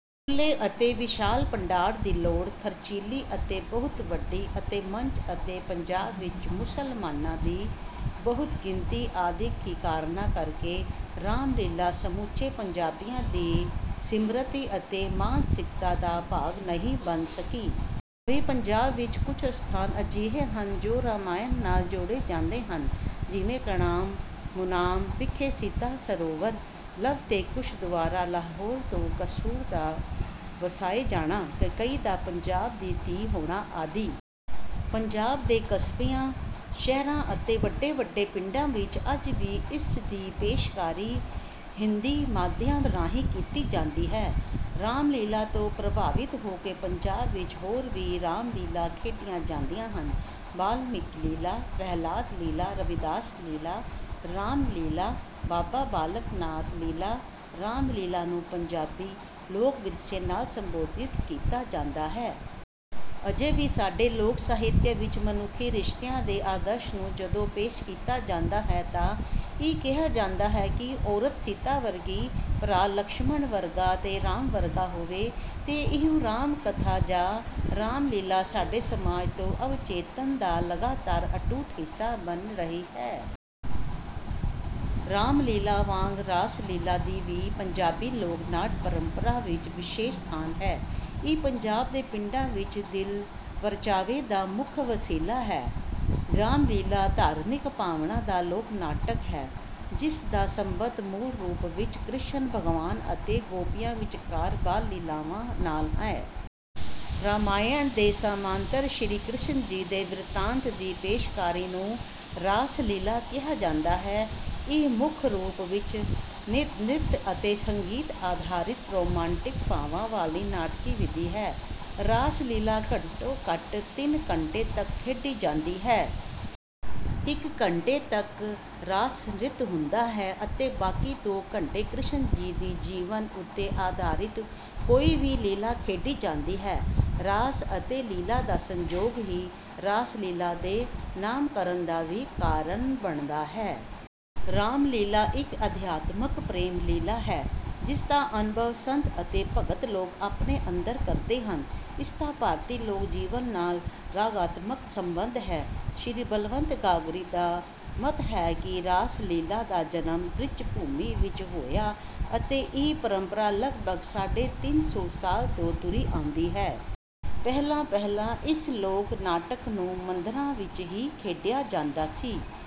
ਖੁੱਲ੍ਹੇ ਤੇ ਵਿਸ਼ਾਲ ਪੰਡਾਲ ਦੀ ਲੋੜ, ਖ਼ਰਚੀਲੀ ਅਤੇ ਬਹੁਤ ਵੱਡੀ ਅਤੇ ਮੰਚ ਅਤੇ ਪੰਜਾਬ ਵਿੱਚ ਮੁਸਲਮਾਨਾਂ ਦੀ ਬਹੁ-ਗਿਣਤੀ ਆਦਿ ਕੀ ਕਾਰਨਾਂ ਕਰਕੇ ਰਾਮ-ਲੀਲ੍ਹਾ ਸਮੁੱਚੇ ਪੰਜਾਬੀਆਂ ਦੀ ਸਿਮਰਤੀ ਅਤੇ ਮਾਨਸਿਕਤਾ ਦਾ ਭਾਗ ਨਹੀਂ ਬਣ ਸਕੀ। ਭਾਵੇਂ ਪੰਜਾਬ ਵਿੱਚ ਕੁਝ ਅਸਥਾਨ ਅਜਿਹੇ ਹਨ, ਜੋ ਰਾਮਾਇਣ ਨਾਲ ਜੋੜੇ ਜਾਂਦੇ ਹਨ। ਜਿਵੇਂ: ਘੜਾਮ, ਸੁਨਾਮ ਵਿਖੇ ਸੀਤਾ ਸਰੋਵਰ, ਲਵ ਤੇ ਕੁਸ਼ ਦੁਆਰਾ ਲਾਹੌਰ ਤੇ ਕਸੂਰ ਦਾ ਵਸਾਏ ਜਾਣਾ, ਕੈਕੇਈ ਦਾ ਪੰਜਾਬ ਦੀ ਧੀ ਹੋਣਾ ਆਦਿ। ਪੰਜਾਬ ਦੇ ਕਸਬਿਆਂ, ਸ਼ਹਿਰਾਂ ਅਤੇ ਵੱਡੇ-ਵੱਡੇ ਪਿੰਡਾਂ ਵਿੱਚ ਅੱਜ ਵੀ ਇਸ ਦੀ ਪੇਸ਼ਕਾਰੀ ਹਿੰਦੀ ਮਾਧਿਅਮ ਰਾਹੀਂ ਕੀਤੀ ਜਾਂਦੀ ਹੈ। ਰਾਮ-ਲੀਲ੍ਹਾ ਤੋਂ ਪ੍ਰਭਾਵਿਤ ਹੋ ਕੇ ਪੰਜਾਬ ਵਿੱਚ ਹੋਰ ਵੀ ਰਾਮ-ਲੀਲ੍ਹਾ ਖੇਡੀਆਂ ਜਾਂਦੀਆਂ ਹਨ। ਬਾਲਮੀਕ ਲੀਲ੍ਹਾ, ਪ੍ਰਹਿਲਾਦ ਲੀਲ੍ਹਾ, ਰਵੀਦਾਸ ਲੀਲ੍ਹਾ, ਰਾਸ-ਲੀਲ੍ਹਾ, ਬਾਬਾ ਬਾਲਕ ਨਾਥ ਲੀਲ੍ਹਾ, ਰਾਮ-ਲੀਲ੍ਹਾ ਨੂੰ ਪੰਜਾਬੀ ਲੋਕ-ਵਿਰਸੇ ਨਾਲ ਸਬੰਧਿਤ ਕੀਤਾ ਜਾਂਦਾ ਹੈ। ਅਜੇ ਵੀ ਸਾਡੇ ਲੋਕ-ਸਾਹਿਤ ਵਿੱਚ ਮਨੁੱਖੀ ਰਿਸ਼ਤਿਆਂ ਦੇ ਆਦਰਸ਼ ਨੂੰ ਜਦੋਂ ਪੇਸ਼ ਕੀਤਾ ਜਾਂਦਾ ਹੈ ਤਾਂ ਇਹ ਕਿਹਾ ਜਾਂਦਾ ਹੈ ਕਿ ਔਰਤ ਸੀਤਾ ਵਰਗੀ, ਭਰਾ ਲਛਮਣ ਵਰਗਾ ਤੇ ਰਾਮ ਵਰਗਾ ਹੋਵੇ। ਤੇ ਇਉਂ ਰਾਮ-ਕਥਾ ਜਾਂ ਰਾਮ-ਲੀਲ੍ਹਾ ਸਾਡੇ ਸਮਾਜ ਦੇ ਅਵਚੇਤਨ ਦਾ ਲਗਾਤਾਰ ਅਟੁੱਟ ਹਿੱਸਾ ਬਣੀ ਰਹੀ ਹੈ। ਰਾਮ-ਲੀਲ੍ਹਾ ਵਾਂਗ ਰਾਸ-ਲੀਲ੍ਹਾ ਦਾ ਵੀ ਪੰਜਾਬੀ ਲੋਕ-ਨਾਟ ਪਰੰਪਰਾ ਵਿੱਚ ਵਿਸ਼ੇਸ਼ ਸਥਾਨ ਹੈ। ਇਹ ਪੰਜਾਬ ਦੇ ਪਿੰਡਾਂ ਵਿੱਚ ਦਿਲ-ਪਰਚਾਵੇ ਦਾ ਮੁੱਖ ਵਸੀਲਾ ਰਹੀਆਂ ਹਨ। ਰਾਸ-ਲੀਲ੍ਹਾ ਧਾਰਮਿਕ ਭਾਵਨਾ ਦਾ ਲੋਕ-ਨਾਟਕ ਹੈ, ਜਿਸ ਦਾ ਸੰਬੰਧ ਮੂਲ ਰੂਪ ਵਿੱਚ ਕ੍ਰਿਸ਼ਨ ਭਗਵਾਨ ਅਤੇ ਗੋਪੀਆਂ ਵਿਚਕਾਰ ਬਾਲ-ਲੀਲ੍ਹਾਵਾਂ ਨਾਲ ਹੈ। ਰਾਮਾਇਣ ਦੇ ਸਮਾਨੰਤਰ ਹੀ ਕ੍ਰਿਸ਼ਨ ਜੀ ਦੇ ਬਿਰਤਾਂਤ ਦੀ ਪੇਸ਼ਕਾਰੀ ਨੂੰ ਰਾਸ-ਲੀਲ੍ਹਾ ਕਿਹਾ ਜਾਂਦਾ ਹੈ। ਇਹ ਮੁੱਖ ਰੂਪ ਵਿੱਚ ਨ੍ਰਿਤ ਅਤੇ ਸੰਗੀਤ ਆਧਾਰਿਤ ਰੋਮਾਂਟਿਕ ਭਾਵਾਂ ਵਾਲੀ ਨਾਟਕੀ ਵਿਧੀ ਹੈ। ਰਾਸ-ਲੀਲ੍ਹਾ ਘੱਟੋ-ਘੱਟ ਤਿੰਨ ਘੰਟੇ ਤੱਕ ਖੇਡੀ ਜਾਂਦੀ ਹੈ। ਇੱਕ ਘੰਟੇ ਤੱਕ ਰਾਸ-ਨ੍ਰਿਤ ਹੁੰਦਾ ਹੈ ਅਤੇ ਬਾਕੀ ਦੋ ਘੰਟੇ ਕ੍ਰਿਸ਼ਨ ਜੀ ਦੇ ਜੀਵਨ ਉੱਤੇ ਆਧਾਰਿਤ ਕੋਈ ਵੀ ਲੀਲ੍ਹਾ ਖੇਡੀ ਜਾਂਦੀ ਹੈ। "ਰਾਸ ਅਤੇ ਲੀਲ੍ਹਾ ਦਾ ਸੰਜੋਗ ਹੀ ਰਾਸ-ਲੀਲ੍ਹਾ ਦੇ ਨਾਮਕਰਨ ਦਾ ਵੀ ਕਾਰਨ ਬਣਦਾ ਹੈ।" ਰਾਸ-ਲੀਲ੍ਹਾ ਇੱਕ ਅਧਿਆਤਮਕ ਪ੍ਰੇਮ-ਲੀਲ੍ਹਾ ਹੈ, ਜਿਸ ਦਾ ਅਨੁਭਵ ਸੰਤ ਅਤੇ ਭਗਤ ਲੋਕ ਆਪਣੇ ਅੰਦਰ ਕਰਦੇ ਹਨ। ਇਸ ਦਾ ਭਾਰਤੀ ਲੋਕ-ਜੀਵਨ ਨਾਲ ਰਾਗਾਤਮਕ ਸੰਬੰਧ ਹੈ। ਸ੍ਰੀ ਬਲਵੰਤ ਗਾਰਗੀ ਦਾ ਮੱਤ ਹੈ ਕਿ, "ਰਾਸ-ਲੀਲ੍ਹਾ ਦਾ ਜਨਮ ਬ੍ਰਿਜ-ਭੂਮੀ ਵਿੱਚ ਹੋਇਆ ਅਤੇ ਇਹ ਪਰੰਪਰਾ ਲਗਭਗ ਸਾਢੇ ਤਿੰਨ ਸੌ ਸਾਲ ਤੋਂ ਤੁਰੀ ਆਉਂਦੀ ਹੈ।" ਪਹਿਲਾਂ-ਪਹਿਲ ਇਸ ਲੋਕ-ਨਾਟਕ ਨੂੰ ਮੰਦਰਾਂ ਵਿੱਚ ਹੀ ਖੇਡਿਆ ਜਾਂਦਾ ਸੀ